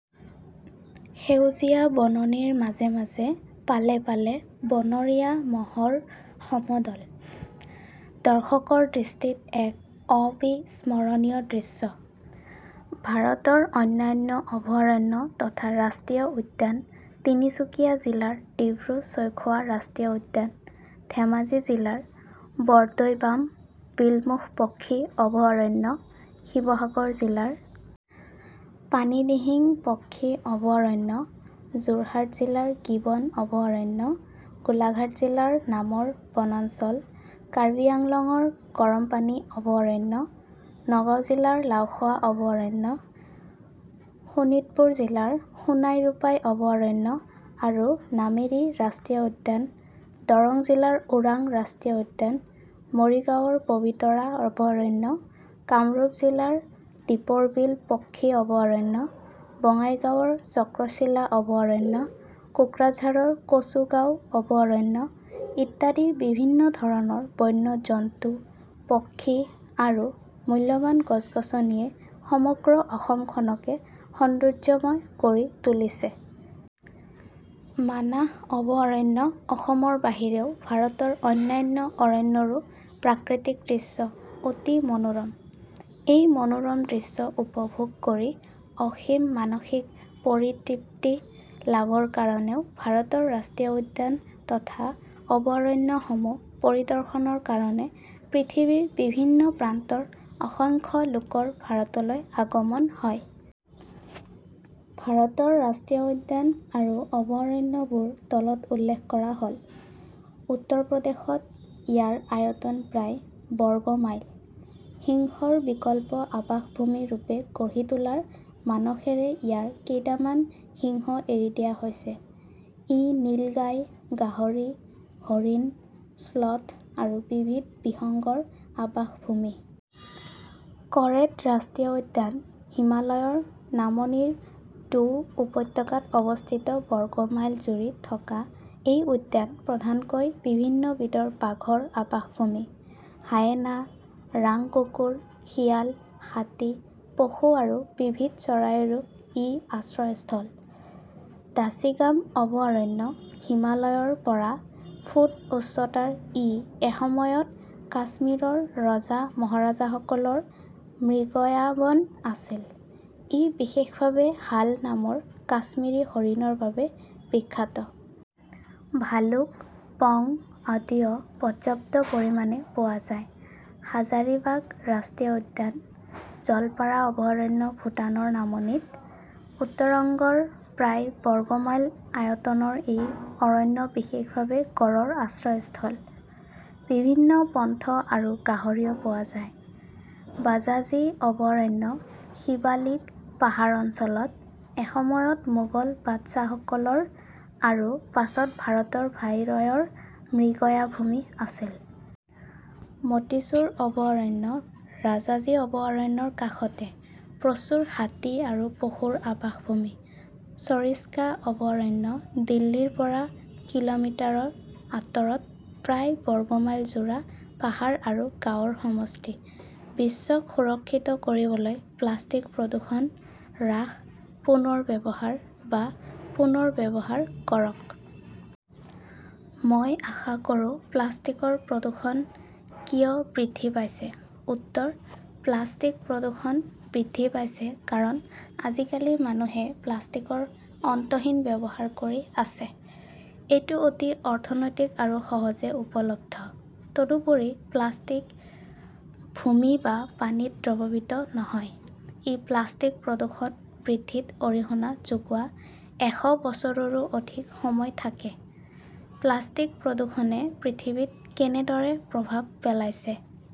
সেউজীয়া বননিৰ মাজে মাজে পালে পালে বনৰীয়া ম'হৰ সমদল, দৰ্শকৰ দৃষ্টিত এক অবিস্মৰণীয়া দৃশ্য। ভাৰতৰ অন্যান্য অভয়াৰণ্য তথা ৰাষ্ট্ৰীয় উদ্যান তিনিচুকীয়া জিলাৰ ডিব্ৰু-চৈখােৱা ৰাষ্ট্ৰীয় উদ্যান, ধেমাজী জিলাৰ বৰদৈবাম বিলমুখ পক্ষী অভয়াৰণ্য, শিৱসাগৰ জিলাৰ পানীদিহিং পক্ষী অভয়াৰণ্য, যােৰহাট জিলাৰ গিবন অভয়াৰণ্য, গােলাঘাট জিলাৰ নামৰ বনাঞ্চল, কাৰ্বি আংলঙৰ গৰমপানী অভয়াৰণ্য, নগাঁও জিলাৰ লাউখােৱা অভয়াৰণ্য, শােণিতপুৰ জিলাৰ সােনাই-ৰূপাই অভয়াৰণ্য আৰু নামেৰী ৰাষ্ট্ৰীয় উদ্যান, দৰং জিলাৰ ওৰাং ৰাষ্ট্ৰীয় উদ্যান, মৰিগাঁৱৰ পবিতৰা অভয়াৰণ্য, কামৰূপ জিলাৰদীপৰ বিল পক্ষী অভয়াৰণ্য, বঙাইগাঁৱৰ চক্ৰশিলা অভয়াৰণ্য, কোকৰাঝাৰ কচুগাঁও অভয়াৰণ্য ইত্যাদি বিভিন্ন ধৰণৰ বন্য জন্তু, পক্ষী আৰু মূল্যবান গছ-গছনিয়ে সমগ্ৰ অসমখনকে সৌন্দৰ্যময় কৰি তুলিছে। মানাহ অভয়াৰণ্য অসমৰ বাহিৰেও ভাৰতৰ অন্যান্য অৰণ্যৰাে প্ৰাকৃতিক দৃশ্য অতি মনােৰম। এই মনােৰম দৃশ্য উপভােগ কৰি অসীম মানসিক পৰিতৃপ্তি লাভৰ কাৰণেও ভাৰতৰ ৰাষ্ট্ৰীয় উদ্যান তথা অভয়াৰণ্যসমূহ পৰিদৰ্শনৰ কাৰণে পৃথিৱীৰ বিভিন্ন প্ৰান্তৰ অসংখ্য লােকৰ ভাৰতলৈ আগমন হয়। ভাৰতৰ ৰাষ্ট্ৰীয় উদ্যান আৰু অভয়াৰণ্যবােৰ তলত উল্লেখ কৰা হ'ল- উত্তৰ প্ৰদেশত; ইয়াৰ আয়তন প্ৰায় বৰ্গ মাইল। সিংহৰ বিকল্প আবাসভূমি ৰূপে গঢ়ি তােলাৰ মানসেৰে ইয়াৰ কেইটামান সিংহ এৰি দিয়া হৈছে। ই নীল গাই, গাহৰি, হৰিণ, শ্লথ আৰু বিবিধ বিহঙ্গৰ আবাসভূমি।. কৰেট ৰাষ্ট্ৰীয় উদ্যান হিমালয়ৰ নামনিৰ ডু উপত্যকাত অৱস্থিত বৰ্গ মাইল জুৰি থকা এই উদ্যান প্ৰধানকৈ বিভিন্ন বিধৰ বাঘৰ আবাসভূমি। হায়েনা, ৰাং কুকুৰ, শিয়াল, হাতী, পহু আৰু বিবিধ চৰাইৰাে ই আশ্ৰয়স্থল।. দাচিগাম অভয়াৰণ্য হিমালয়ৰ -ৰ পৰা ফুট উচ্চতাৰ ই এসময়ত কাশ্মীৰৰ ৰজা-মহাৰজাসকলৰ মৃগয়াবন আছিল৷ ই বিশেষভাৱে হাল নামৰ কাশ্মীৰী হৰিণৰ বাবে বিখ্যাত। ভালুক, পং অদিও পৰ্যাপ্ত পৰিমাণে পােৱা যায়।. হাজাৰিবাগ ৰাষ্ট্ৰীয় উদ্যান. জলপাৰা অভয়াৰণ্য ভূটানৰ নামনিত, উত্তৰংগৰ প্ৰায় বৰ্গ মাইল আয়তনৰ এই অৰণ্য বিশেষভাৱে গঁড়ৰ আশ্ৰয়স্থল। বিভিন্ন পন্থ আৰু গাহৰিও পোয়া যায়।. বাজাজী অভয়াৰণ্য শিবালিক পাহাৰ অঞ্চলত; এসময়ত মােগল বাদচাহসকলৰ আৰু পাছত ভাৰতৰ ভাইৰয়ৰ মৃগয়াভূমি আছিল।. মােটিচুৰ অভয়াৰণ্য ৰাজাজী অভয়াৰণ্যৰ কাষতে; প্ৰচুৰ হাতী আৰু পহুৰ আবাসভূমি।। চৰিষ্কা অভয়াৰণ্য দিল্লীৰপৰা কিলােমিটাৰ আঁতৰত প্ৰায় বৰ্গ মাইল জোৰা পাহাৰ আৰু গাঁৱৰ সমষ্টি। বিশ্বক সুৰক্ষিত কৰিবলৈ প্লাষ্টিক প্ৰদূষণ "হ্ৰাস, পুনৰ ব্যৱহাৰ বা পুনৰব্যৱহাৰ" কৰক। মই আশা কৰোঁ. প্লাষ্টিকৰ প্ৰদূষণ কিয় বৃদ্ধি পাইছে? উত্তৰ: প্লাষ্টিক প্ৰদূষণ বৃদ্ধি পাইছে কাৰণ আজিকালি মানুহে প্লাষ্টিকৰ অন্তহীন ব্যৱহাৰ কৰি আছে। এইটো অতি অৰ্থনৈতিক আৰু সহজে উপলব্ধ। তদুপৰি, প্লাষ্টিক ভূমি বা পানীত দ্ৰৱীভূত নহয়, ই প্লাষ্টিক প্ৰদূষণ বৃদ্ধিত অৰিহণা যোগোৱা এশ বছৰৰো অধিক সময় থাকে।. প্লাষ্টিকপ্ৰদূষণে পৃথিৱীত কেনেদৰে প্ৰভাৱ পেলাইছে?